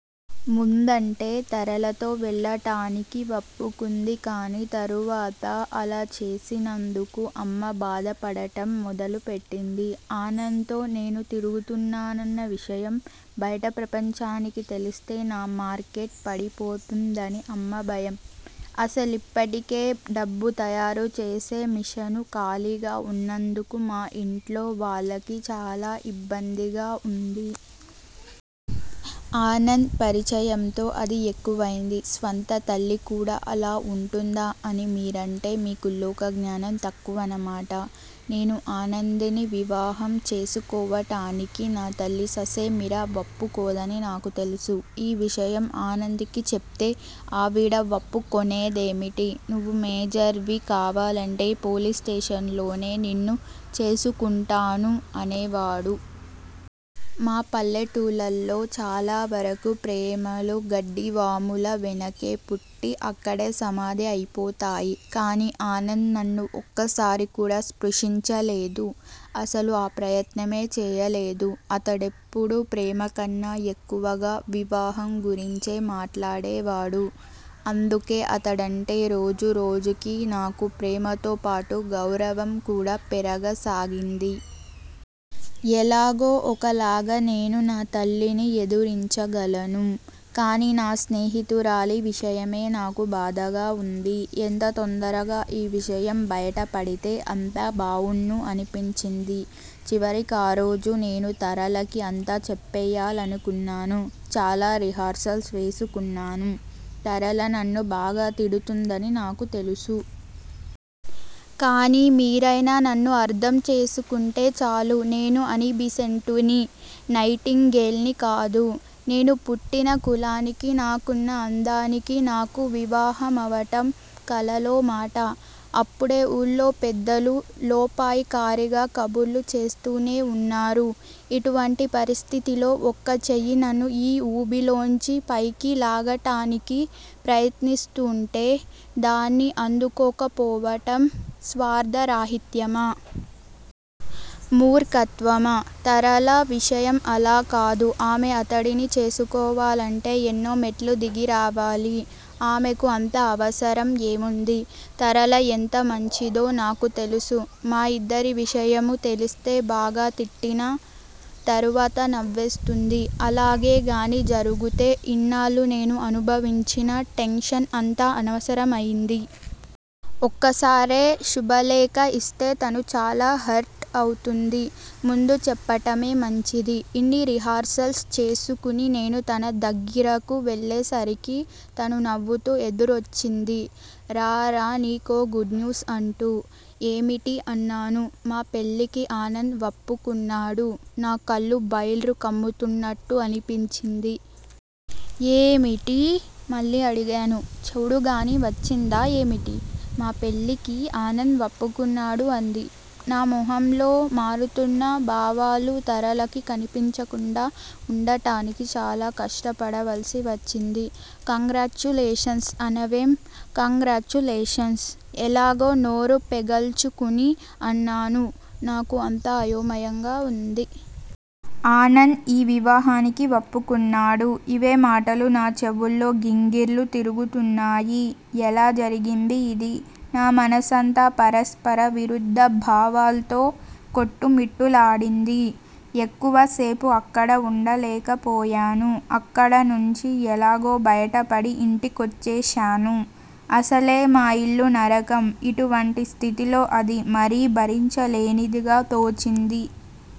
ముందంటే తరళతో వెళ్ళటానికి వప్పుకుంది కానీ, తరువాత అలా చేసినందుకు అమ్మ బాధపడటం మొదలు పెట్టింది. ఆనంద్ తో నేను తిరుగుతున్నానన్న విషయం బయట ప్రపంచానికి తెలిస్తే నా మార్కెట్ పడిపోతుందని అమ్మ భయం అసలిప్పటికే, డబ్బు తయారు చేసే మిషను ఖాళీగా వున్నందుకు మా ఇంట్లో వాళ్ళకి చాలా ఇబ్బందిగా వుంది. ఆనంద్ పరిచయంతో అది ఎక్కువైంది. స్వంత తల్లికూడా అలా వుంటుందా అని మీరంటే మీకు లోకజ్ఞానం తక్కువన్నమాట. నేను ఆనంద్ ని వివాహం చేసుకోవటానికి నా తల్లి ససేమిరా వప్పుకోదని నాకు తెలుసు. ఈ విషయం ఆనంద్ కి చెప్తే ఆవిడ వప్పుకొనేదేమిటి? నువ్వు మేజర్ వి కావాలంటే పోలీస్ స్టేషన్ లోనే నిన్ను చేసుకుంటాను అనేవాడు. మా పల్లెటూళ్ళల్లో చాలావరకు ప్రేమలు గడ్డివాముల వెనకే పుట్టి, అక్కడే సమాధి అయిపోతాయి. కానీ ఆనంద్ నన్ను ఒక్కసారి కూడా స్పృశించలేదు. అసలు ఆ ప్రయత్నమే చేయలేదు. అతడెప్పుడూ ప్రేమకన్నా ఎక్కువగా వివాహం గురించే మాట్లాడేవాడు. అందుకే అతడంటే రోజురోజుకీ నాకు ప్రేమతోపాటు గౌరవం కూడా పెరగసాగింది. ఎలాగో ఒకలాగా నేను నా తల్లిని ఎదురించగలను. కానీ నా స్నేహితురాలి విషయమే నాకు బాధగా వుంది. ఎంత తొందరగా ఈ విషయం బయటపడితే అంత బావుణ్ణు అనిపించింది. చివరి కారోజు నేను తరళకి అంతా చెప్పెయ్యాలనుకున్నాను. చాలా రిహార్సల్స్ వేసుకున్నాను. తరళ నన్ను బాగా తిడుతుందని నాకు తెలుసు. కానీ మీరైనా నన్ను అర్ధం చేసుకుంటే చాలు. నేను అనిబిసెంటునీ, నైటింగే ల్ నీ కాదు. నేను పుట్టిన కులానికీ, నాకున్న అందానికీ నాకు వివాహమవటం కలలో మాట. అప్పుడే వూళ్ళో పెద్దలు 'లోపాయికారీ'గా కబుర్లు చేస్తూనే వున్నారు. ఇటువంటి పరిస్థితిలో ఒక చెయ్యి నన్ను ఈ వూబిలోంచి పైకి లాగటానికి ప్రయత్నిస్తూంటే, దాన్ని అందుకోకపోవటం స్వార్ధరాహిత్యమా? మూర్ఖత్వమా? తరళ విషయం అలాకాదు. ఆమె అతడిని చేసుకోవాలంటే ఎన్నో మెట్లు దిగి రావాలి. ఆమెకు అంత అవసరం ఏముంది? తరళ ఎంత మంచిదో నాకు తెలుసు. మా ఇద్దరి విషయమూ తెలిస్తే బాగా తిట్టినా, తరువాత నవ్వేస్తుంది. అలాగే గానీ జరుగుతే, ఇన్నాళ్ళూ నేను అనుభవించిన టెన్షన్ అంతా అనవసరమైంది. ఒక్కసారే శుభలేఖ ఇస్తే తను చాలా హర్ట్ అవుతుంది. ముందు చెప్పటమే మంచిది. ఇన్ని రిహార్సల్స్ చేసుకుని నేను తన దగ్గిరకు వెళ్ళేసరికి తను నవ్వుతూ ఎదురొచ్చింది. రా రా నీకో గుడ్ న్యూస్ అంటూ. ఏమిటి? అన్నాను. మా పెళ్ళికి ఆనంద్ వప్పుకున్నాడు. నా కళ్ళు బైర్లు కమ్ముతున్నట్టు అనిపించింది. ఏమిటీ? మళ్ళీ అడిగాను. చెవుడుగానీ వచ్చిందా ఏమిటి? మా పెళ్ళికి ఆనంద్ వప్పుకున్నాడు- అంది. నా మొహంలో మారుతున్న భావాలు తరళ కి కనిపించకుండా ఉండటానికి చాలా కష్టపడవలసి వచ్చింది. కంగ్రాచ్యులేషన్స్ అనవేం? కంగ్రాచ్యులేషన్స్. ఎలాగో నోరు పెగల్చుకుని అన్నాను. నాకు అంతా అయోమయంగా వుంది. 'ఆనంద్ యీ వివాహానికి వప్పుకున్నాడు'. ఇవే మాటలు నా చెవుల్లో గింగిర్లు తిరుగుతున్నాయి. ఎలా జరిగింది ఇది? నా మనసంతా పరస్పర విరుద్ద భావాల్తో కొట్టుమిట్టులాడింది. ఎక్కువసేపు అక్కడ వుండలేకపోయాను! అక్కడనుంచి ఎలాగో బయటపడి ఇంటికొచ్చేశాను. అసలే మా ఇల్లు నరకం ఇటువంటి స్థితిలో అది మరీ భరించలేనిదిగా తోచింది.